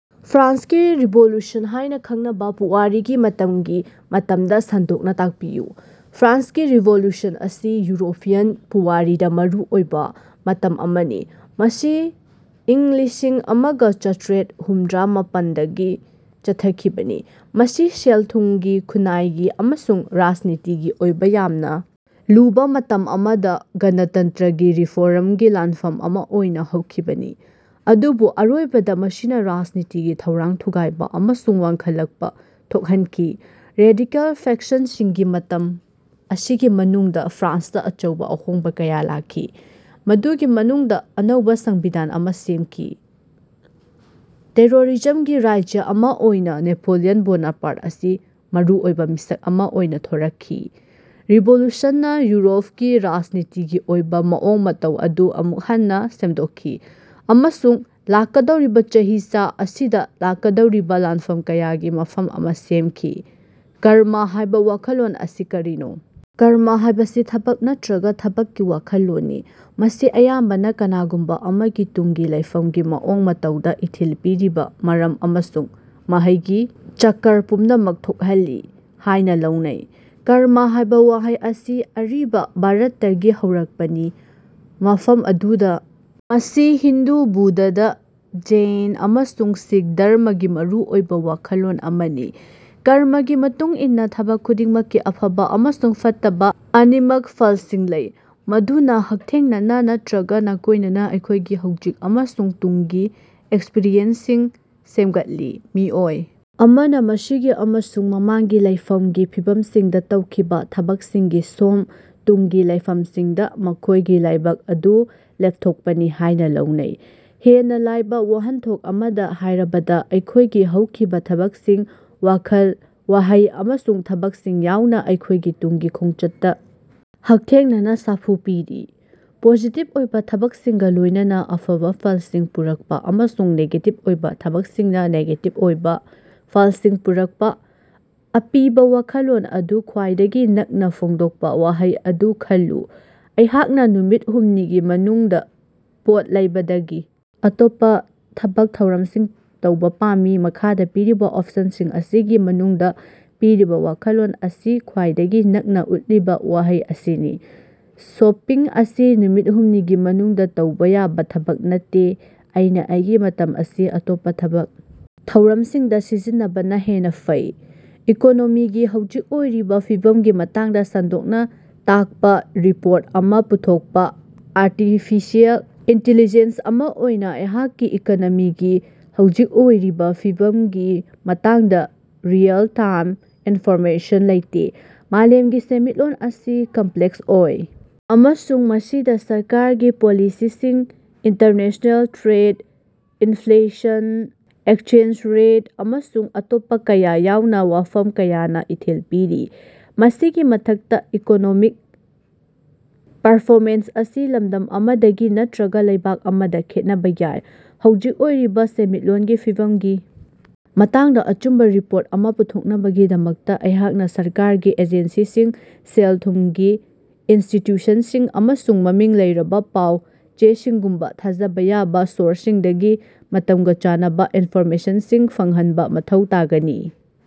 ꯐ꯭ꯔꯥꯟꯁꯀꯤ ꯔꯤꯚꯣꯂꯨꯁꯟ ꯍꯥꯏꯅ ꯈꯪꯅꯕ ꯄꯨꯋꯥꯔꯤꯒꯤ ꯃꯇꯝꯒꯤ ꯃꯇꯥꯡꯗ ꯁꯟꯗꯣꯛꯅ ꯇꯥꯛꯄꯤꯌꯨ꯫ ꯐ꯭ꯔꯥꯟꯁꯀꯤ ꯔꯤꯚꯣꯂꯨꯁꯟ ꯑꯁꯤ ꯌꯨꯔꯣꯄꯤꯌꯟ ꯄꯨꯋꯥꯔꯤꯗ ꯃꯔꯨ ꯑꯣꯏꯕ ꯃꯇꯝ ꯑꯃꯅꯤ꯫ ꯃꯁꯤ ꯏꯪ ꯂꯤꯁꯤꯡ ꯑꯃꯒ ꯆꯇ꯭ꯔꯦꯠ ꯍꯨꯝꯗ꯭ꯔꯥ ꯃꯥꯄꯟꯗꯒꯤ ꯆꯠꯊꯈꯤꯕꯅꯤ꯫ ꯃꯁꯤ ꯁꯦꯜ-ꯊꯨꯝꯒꯤ, ꯈꯨꯟꯅꯥꯏꯒꯤ ꯑꯃꯁꯨꯡ ꯔꯥꯖꯅꯤꯇꯤꯒꯤ ꯑꯣꯏꯕ ꯌꯥꯝꯅ ꯂꯨꯕ ꯃꯇꯝ ꯑꯃꯗ ꯒꯅꯇꯟꯇ꯭ꯔꯒꯤ ꯔꯤꯐꯣꯔꯝꯒꯤ ꯂꯥꯟꯐꯝ ꯑꯃ ꯑꯣꯏꯅ ꯍꯧꯈꯤꯕꯅꯤ ꯑꯗꯨꯕꯨ ꯑꯔꯣꯏꯕꯗ ꯃꯁꯤꯅ ꯔꯥꯖꯅꯤꯇꯤꯒꯤ ꯊꯧꯔꯥꯡ ꯊꯨꯒꯥꯏꯕ ꯑꯃꯁꯨꯡ ꯋꯥꯡꯈꯠꯂꯛꯄꯥ ꯊꯣꯛꯍꯟꯈꯤ꯫ ꯔꯦꯗꯤꯀꯦꯜ ꯐꯦꯛꯁꯟꯁꯤꯡꯒꯤ ꯃꯇꯝ ꯑꯁꯤꯒꯤ ꯃꯅꯨꯡꯗ ꯐ꯭ꯔꯥꯟꯁꯇ ꯑꯆꯧꯕ ꯑꯍꯣꯡꯕ ꯀꯌꯥ ꯂꯥꯛꯈꯤ꯫ ꯃꯗꯨꯒꯤ ꯃꯅꯨꯡꯗ ꯑꯅꯧꯕ ꯁꯪꯕꯤꯙꯥꯟ ꯑꯃ ꯁꯦꯝꯈꯤ꯫ ꯇꯦꯔꯣꯔꯤꯖꯝꯒꯤ ꯔꯥꯖ꯭ꯌ ꯑꯃ ꯑꯣꯏꯅ ꯅꯦꯄꯣꯂꯤꯌꯟ ꯕꯣꯅꯥꯄꯥꯔꯠ ꯑꯁꯤ ꯃꯔꯨꯑꯣꯏꯕ ꯃꯤꯁꯛ ꯑꯃ ꯑꯣꯏꯅ ꯊꯣꯔꯛꯈꯤ꯫ ꯔꯤꯚꯣꯂ꯭ꯌꯨꯁꯟꯅ ꯌꯨꯔꯣꯞꯀꯤ ꯔꯥꯖꯅꯤꯇꯤꯒꯤ ꯑꯣꯏꯕ ꯃꯑꯣꯡ ꯃꯇꯧ ꯑꯗꯨ ꯑꯃꯨꯛ ꯍꯟꯅ ꯁꯦꯝꯗꯣꯛꯈꯤ ꯑꯃꯁꯨꯡ ꯂꯥꯛꯀꯗꯧꯔꯤꯕ ꯆꯍꯤꯆꯥ ꯑꯁꯤꯗ ꯂꯥꯛꯀꯗꯧꯔꯤꯕ ꯂꯥꯟꯐꯝ ꯀꯌꯥꯒꯤ ꯃꯐꯝ ꯑꯃ ꯁꯦꯝꯈꯤ꯫ 'ꯀꯔꯃ ' ꯍꯥꯏꯕ ꯋꯥꯈꯜꯂꯣꯟ ꯑꯁꯤ ꯀꯔꯤꯅꯣ? ꯀꯔꯃ ꯍꯥꯏꯕꯁꯤ ꯊꯕꯛ ꯅꯠꯇ꯭ꯔꯒ ꯊꯕꯛꯀꯤ ꯋꯥꯈꯜꯂꯣꯟꯅꯤ꯫ ꯃꯁꯤ ꯑꯌꯥꯝꯕꯅ ꯀꯅꯥꯒꯨꯝꯕ ꯑꯃꯒꯤ ꯇꯨꯡꯒꯤ ꯂꯩꯐꯝꯒꯤ ꯃꯑꯣꯡ ꯃꯇꯧꯗ ꯏꯊꯤꯜ ꯄꯤꯔꯤꯕ ꯃꯔꯝ ꯑꯃꯁꯨꯡ ꯃꯍꯩꯒꯤ ꯆꯀꯔ ꯄꯨꯝꯅꯃꯛ ꯊꯣꯛꯍꯜꯂꯤ ꯍꯥꯏꯅ ꯂꯧꯅꯩ꯫ ꯀꯔꯃ ꯍꯥꯏꯕ ꯋꯥꯍꯩ ꯑꯁꯤ ꯑꯔꯤꯕ ꯚꯥꯔꯠꯇꯒꯤ ꯍꯧꯔꯛꯄꯅꯤ꯫ ꯃꯐꯝ ꯑꯗꯨꯗ ꯃꯁꯤ ꯍꯤꯟꯗꯨ, ꯕꯨꯗꯙ, ꯖꯩꯟ ꯑꯃꯁꯨꯡ ꯁꯤꯈ ꯙꯔꯃꯒꯤ ꯃꯔꯨ ꯑꯣꯏꯕ ꯋꯥꯈꯜꯂꯣꯟ ꯑꯃꯅꯤ꯫ ꯀꯔꯃꯒꯤ ꯃꯇꯨꯡ ꯏꯟꯅ ꯊꯕꯛ ꯈꯨꯗꯤꯡꯃꯛꯀꯤ ꯑꯐꯕ ꯑꯃꯁꯨꯡ ꯐꯠꯇꯕ ꯑꯅꯤꯃꯛꯀꯤ ꯐꯜꯁꯤꯡ ꯂꯩ꯫ ꯃꯗꯨꯅ ꯍꯛꯊꯦꯡꯅꯅ ꯅꯠꯇ꯭ꯔꯒ ꯅꯥꯀꯣꯏꯅꯅ ꯑꯩꯈꯣꯏꯒꯤ ꯍꯧꯖꯤꯛ ꯑꯃꯁꯨꯡ ꯇꯨꯡꯒꯤ ꯑꯦꯛꯁꯄꯤꯔꯤꯌꯦꯟꯁꯁꯤꯡ ꯁꯦꯝꯒꯠꯂꯤ꯫ ꯃꯤꯑꯣꯏ ꯑꯃꯅ ꯃꯁꯤꯒꯤ ꯑꯃꯁꯨꯡ ꯃꯃꯥꯡꯒꯤ ꯂꯩꯐꯝꯒꯤ ꯐꯤꯚꯝꯁꯤꯡꯗ ꯇꯧꯈꯤꯕ ꯊꯕꯛꯁꯤꯡꯒꯤ ꯁꯣꯝ, ꯇꯨꯡꯒꯤ ꯂꯩꯐꯝꯁꯤꯡꯗ ꯃꯈꯣꯏꯒꯤ ꯂꯥꯏꯕꯛ ꯑꯗꯨ ꯂꯦꯞꯊꯣꯛꯄꯅꯤ ꯍꯥꯏꯅ ꯂꯧꯅꯩ꯫ ꯍꯦꯟꯅ ꯂꯥꯏꯕ ꯋꯥꯍꯟꯊꯣꯛ ꯑꯃꯗ ꯍꯥꯏꯔꯕꯗ, ꯑꯩꯈꯣꯏꯒꯤ ꯍꯧꯈꯤꯕ ꯊꯕꯛꯁꯤꯡ: ꯋꯥꯈꯜ, ꯋꯥꯍꯩ ꯑꯃꯁꯨꯡ ꯊꯕꯛꯁꯤꯡ ꯌꯥꯎꯅ ꯑꯩꯈꯣꯏꯒꯤ ꯇꯨꯡꯒꯤ ꯈꯣꯡꯆꯠꯇ ꯍꯛꯊꯦꯡꯅꯅ ꯁꯥꯐꯨ ꯄꯤꯔꯤ꯫ ꯄꯣꯖꯤꯇꯤꯚ ꯑꯣꯏꯕ ꯊꯕꯛꯁꯤꯡꯒ ꯂꯣꯏꯅꯅ ꯑꯐꯕ ꯐꯜꯁꯤꯡ ꯄꯨꯔꯛꯄ ꯑꯃꯁꯨꯡ ꯅꯦꯒꯦꯇꯤꯚ ꯑꯣꯏꯕ ꯊꯕꯛꯁꯤꯡꯅ ꯅꯦꯒꯦꯇꯤꯚ ꯑꯣꯏꯕ ꯐꯜꯁꯤꯡ ꯄꯨꯔꯛꯄ꯫ ꯑꯄꯤꯕ ꯋꯥꯈꯜꯂꯣꯟ ꯑꯗꯨ ꯈ꯭ꯋꯥꯏꯗꯒꯤ ꯅꯛꯅ ꯐꯣꯡꯗꯣꯛꯄ ꯋꯥꯍꯩ ꯑꯗꯨ ꯈꯜꯂꯨ꯫ ꯑꯩꯍꯥꯛꯅ ꯅꯨꯃꯤꯠ ꯍꯨꯝꯅꯤꯒꯤ ꯃꯅꯨꯡꯗ ꯄꯣꯠ ꯂꯩꯕꯗꯒꯤ ꯑꯇꯣꯞꯄ ꯊꯕꯛ ꯊꯧꯔꯝꯁꯤꯡ ꯇꯧꯕ ꯄꯥꯝꯃꯤ꯫ ꯃꯈꯥꯗ ꯄꯤꯔꯤꯕ ꯑꯣꯞꯁꯟꯁꯤꯡ ꯑꯁꯤꯒꯤ ꯃꯅꯨꯡꯗ ꯄꯤꯔꯤꯕ ꯋꯥꯈꯜꯂꯣꯟ ꯑꯁꯤ ꯈ꯭ꯋꯥꯏꯗꯒꯤ ꯅꯛꯅ ꯎꯠꯂꯤꯕ ꯋꯥꯍꯩ ꯑꯁꯤꯅꯤ: "ꯁꯣꯄꯤꯡ ꯑꯁꯤ ꯅꯨꯃꯤꯠ ꯍꯨꯝꯅꯤꯒꯤ ꯃꯅꯨꯡꯗ ꯇꯧꯕ ꯌꯥꯕ ꯊꯕꯛ ꯅꯠꯇꯦ; ꯑꯩꯅ ꯑꯩꯒꯤ ꯃꯇꯝ ꯑꯁꯤ ꯑꯇꯣꯞꯄ ꯊꯕꯛ ꯊꯧꯔꯝꯁꯤꯡꯗ ꯁꯤꯖꯤꯟꯅꯕꯅ ꯍꯦꯟꯅ ꯐꯩ"꯫ ꯏꯀꯣꯅꯣꯃꯤꯒꯤ ꯍꯧꯖꯤꯛ ꯑꯣꯏꯔꯤꯕ ꯐꯤꯚꯝꯒꯤ ꯃꯇꯥꯡꯗ ꯁꯟꯗꯣꯛꯅ ꯇꯥꯛꯄ ꯔꯤꯄꯣꯔꯠ ꯑꯃ ꯄꯨꯊꯣꯛꯄ- ꯑꯥꯔꯇꯤꯐꯤꯁꯤꯌꯦꯜ ꯏꯟꯇꯦꯂꯤꯖꯦꯟꯁ ꯑꯃ ꯑꯣꯏꯅ ꯑꯩꯍꯥꯛꯀꯤ ꯏꯀꯣꯅꯣꯃꯤꯒꯤ ꯍꯧꯖꯤꯛ ꯑꯣꯏꯔꯤꯕ ꯐꯤꯕꯝꯒꯤ ꯃꯇꯥꯡꯗ ꯔꯤꯑꯦꯜ ꯇꯥꯏꯝ ꯏꯟꯐꯣꯔꯃꯦꯁꯟ ꯂꯩꯇꯦ꯫ ꯃꯥꯂꯦꯝꯒꯤ ꯁꯦꯟꯃꯤꯠꯂꯣꯟ ꯑꯁꯤ ꯀꯝꯄ꯭ꯂꯦꯛꯁ ꯑꯣꯏ ꯑꯃꯁꯨꯡ ꯃꯁꯤꯗ ꯁꯔꯀꯥꯔꯒꯤ ꯄꯣꯂꯤꯁꯤꯁꯤꯡ, international trade, inflation, exchange rate ꯑꯃꯁꯨꯡ ꯑꯇꯣꯞꯄ ꯀꯌꯥ ꯌꯥꯎꯅ ꯋꯥꯐꯝ ꯀꯌꯥꯅ ꯏꯊꯤꯜ ꯄꯤꯔꯤ꯫ ꯃꯁꯤꯒꯤ ꯃꯊꯛꯇ ꯏꯀꯣꯅꯣꯃꯤꯛ ꯄꯔꯐꯣꯃꯦꯟꯁ ꯑꯁꯤ ꯂꯝꯗꯝ ꯑꯃꯗꯒꯤ ꯅꯠꯇ꯭ꯔꯒ ꯂꯩꯕꯥꯛ ꯑꯃꯗ ꯈꯦꯠꯅꯕ ꯌꯥꯏ꯫ ꯍꯧꯖꯤꯛ ꯑꯣꯏꯔꯤꯕ ꯁꯦꯟꯃꯤꯠꯂꯣꯟꯒꯤ ꯐꯤꯕꯝꯒꯤ ꯃꯇꯥꯡꯗ ꯑꯆꯨꯝꯕ ꯔꯤꯄꯣꯔꯠ ꯑꯃ ꯄꯨꯊꯣꯛꯅꯕꯒꯤꯗꯃꯛꯇ ꯑꯩꯍꯥꯛꯅ ꯁꯔꯀꯥꯔꯒꯤ ꯑꯦꯖꯦꯟꯁꯤꯁꯤꯡ, ꯁꯦꯜ-ꯊꯨꯝꯒꯤ ꯏꯟꯁꯇꯤꯇ꯭ꯌꯨꯁꯟꯁꯤꯡ ꯑꯃꯁꯨꯡ ꯃꯃꯤꯡ ꯂꯩꯔꯕ ꯄꯥꯎ-ꯆꯦꯁꯤꯡꯒꯨꯝꯕ ꯊꯥꯖꯕ ꯌꯥꯕ ꯁꯣꯔꯁꯁꯤꯡꯗꯒꯤ ꯃꯇꯝꯒ ꯆꯥꯟꯅꯕ ꯏꯟꯐꯣꯔꯃꯦꯁꯟꯁꯤꯡ ꯐꯪꯍꯟꯕ ꯃꯊꯧ ꯇꯥꯒꯅꯤ꯫